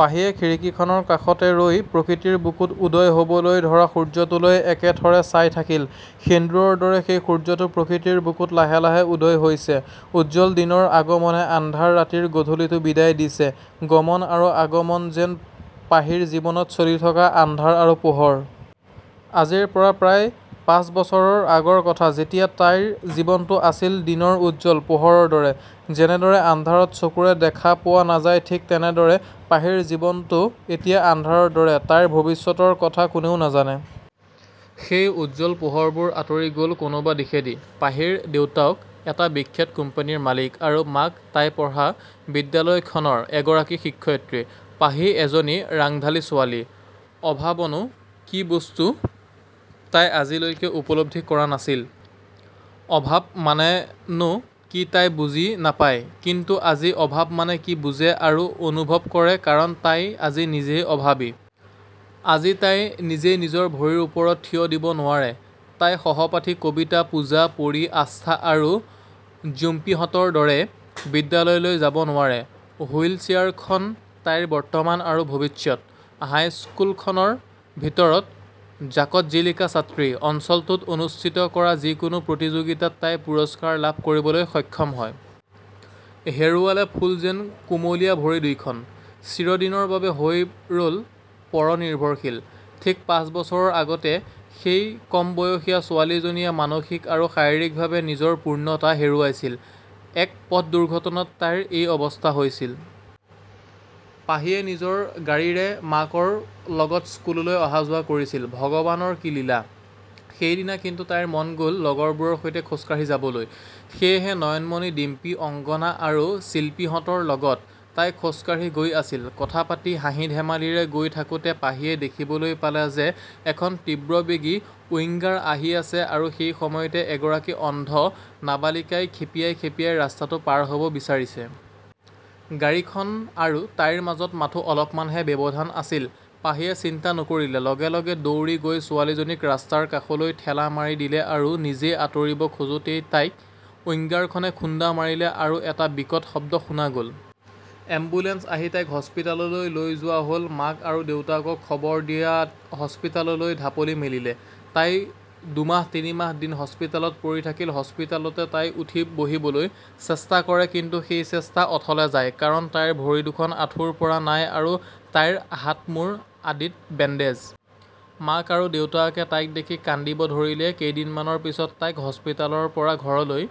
পাহিয়ে খিৰিকীখনৰ কাষতে ৰৈ প্ৰকৃতিৰ বুকুত উদয় হ'বলৈ ধৰা সূৰ্যটোলৈ একেথৰে চাই থাকিল। সেন্দুৰৰ দৰে সেই সূৰ্যটো প্ৰকৃতিৰ বুকুত লাহে লাহে উদয় হৈছে। উজ্জ্বল দিনৰ আগমনে আন্ধাৰ ৰাতিৰ গধূলিটো বিদায় দিছে। গমন আৰু আগমন যেন পাহিৰ জীৱনত চলি থকা আন্ধাৰ আৰু পােহৰ। আজিৰ পৰা প্ৰায় পাঁচ বছৰৰ আগৰ কথা। তেতিয়া তাইৰ জীৱনটো আছিল দিনৰ উজ্জ্বল। পােহৰৰ দৰে। যেনেদৰে আন্ধাৰত চকুৰে দেখা পােৱা নাযায় ঠিক তেনেদৰে পাহিৰ জীৱনটো এতিয়া আন্ধাৰৰ দৰে। তাইৰ ভৱিষ্যতৰ কথা কোনেও নাজানে। সেই উজ্জ্বল পোহৰবােৰ আঁতৰি গ'ল কোনােবা দিশেদি। পাহিৰ দেউতাক এটা বিখ্যাত কোম্পানীৰ মালিক আৰু মাক তাই পঢ়া বিদ্যালয়খনৰ এগৰাকী শিক্ষয়িত্ৰী। পাহি এজনী ৰাংঢালী ছােৱালী। অভাৱনাে কি বস্তু তাই আজিলৈকে উপলব্ধি কৰা নাছিল। অভাৱ মানেননা কি তাই বুজি নাপায়, কিন্তু আজি অভাৱ মানে কি বুজে আৰু অনুভৱ কৰে কাৰণ তাই আজি নিজইে অভাৱী। আজি তাই নিজে নিজৰ ভৰিৰ ওপৰত থিয় দিব নােৱাৰে। তাই সহপাঠী কবিতা, পূজা, পৰী, আস্থা আৰু জুম্পীহঁতৰ দৰে বিদ্যালয়লৈ যাব নােৱাৰে। হুইল চেয়াৰখন তাইৰ বৰ্তমান আৰু ভৱিষ্যত। হাইস্কুলখনৰ ভিতৰত জাকত-জিলিকা ছাত্ৰী। অঞ্চলটোত অনুষ্ঠিত কৰা যিকোনাে প্ৰতিযােগিতাত তাই পুৰস্কাৰ লাভ কৰিবলৈ সক্ষম হয়। হেৰুৱালে ফুল যেন কুমলীয়া ভৰি দুইখন। চিৰদিনৰ বাবে হৈ ৰ'ল পৰ নিৰ্ভৰশীল। ঠিক পাঁচ বছৰৰ আগতে সেই কম বয়সীয়া ছােৱালীজনীয়ে মানসিক আৰু শাৰীৰিকভাৱে নিজৰ পূৰ্ণতা হেৰুৱাইছিল। এক পথ দুৰ্ঘটনাত তাইৰ এই অৱস্থা হৈছিল। পাহিয়ে নিজৰ গাড়ীৰে মাকৰ লগত স্কুললৈ অহা-যােৱা কৰিছিল। ভগৱানৰ কি লীলা। সেইদিনা কিন্তু তাইৰ মন গ'ল লগৰবােৰৰ সৈতে খােজ কাঢ়ি যাবলৈ। সেয়েহে নয়নমণি, ডিম্পী, অংগনা আৰু চিল্পীহঁতৰ লগত তাই খােজকাঢ়ি গৈ আছিল। কথা পাতি, হাঁহি-ধেমালিৰে গৈ থাকোতে পাহিয়ে দেখিবলৈ পালে যে এখন তীব্ৰবেগী উইংগাৰ আহি আছে আৰু সেই সময়তে এগৰাকী অন্ধ নাবালিকাই খেপিয়াই খেপিয়াই ৰাস্তাটো পাৰ হ'ব বিচাৰিছে। গাড়ীখন আৰু তাইৰ মাজত মাথাে, অলপমানহে ব্যৱধান আছিল। পাহিয়ে চিন্তা নকৰিলে, লগে লগে দৌৰি গৈ ছােৱালীজনীক ৰাস্তাৰ কাষলৈ ঠেলা মাৰি দিলে আৰু নিজে আঁতৰিব খােজোতেই তাইক উইংগাৰখনে খুন্দা মাৰিলে আৰু এটা বিকট শব্দ শুনা গ'ল। এম্বুলেঞ্চ আহি তাইক হস্পিতাললৈ লৈ যােৱা হ'ল। মাক আৰু দেউতাকক খবৰ দিয়াত হস্পিতাললৈ ঢাপলি মেলিলে। তাই দুমাহ-তিনিমাহ দিন হস্পিতালত পৰি থাকিল। হস্পিতালতে তাই উঠি বহিবলৈ চেষ্টা কৰে কিন্তু সেই চেষ্টা অথলে যায় কাৰণ তাইৰ ভৰি দুখন আঁঠুৰ পৰা নাই আৰু তাইৰ হাত-মূৰ আদিত বেণ্ডেজ। মাক আৰু দেউতাকে তাইক দেখি কান্দিব ধৰিলে। কেইদিনমানৰ পিছত তাইক হস্পিতালৰ পৰা ঘৰলৈ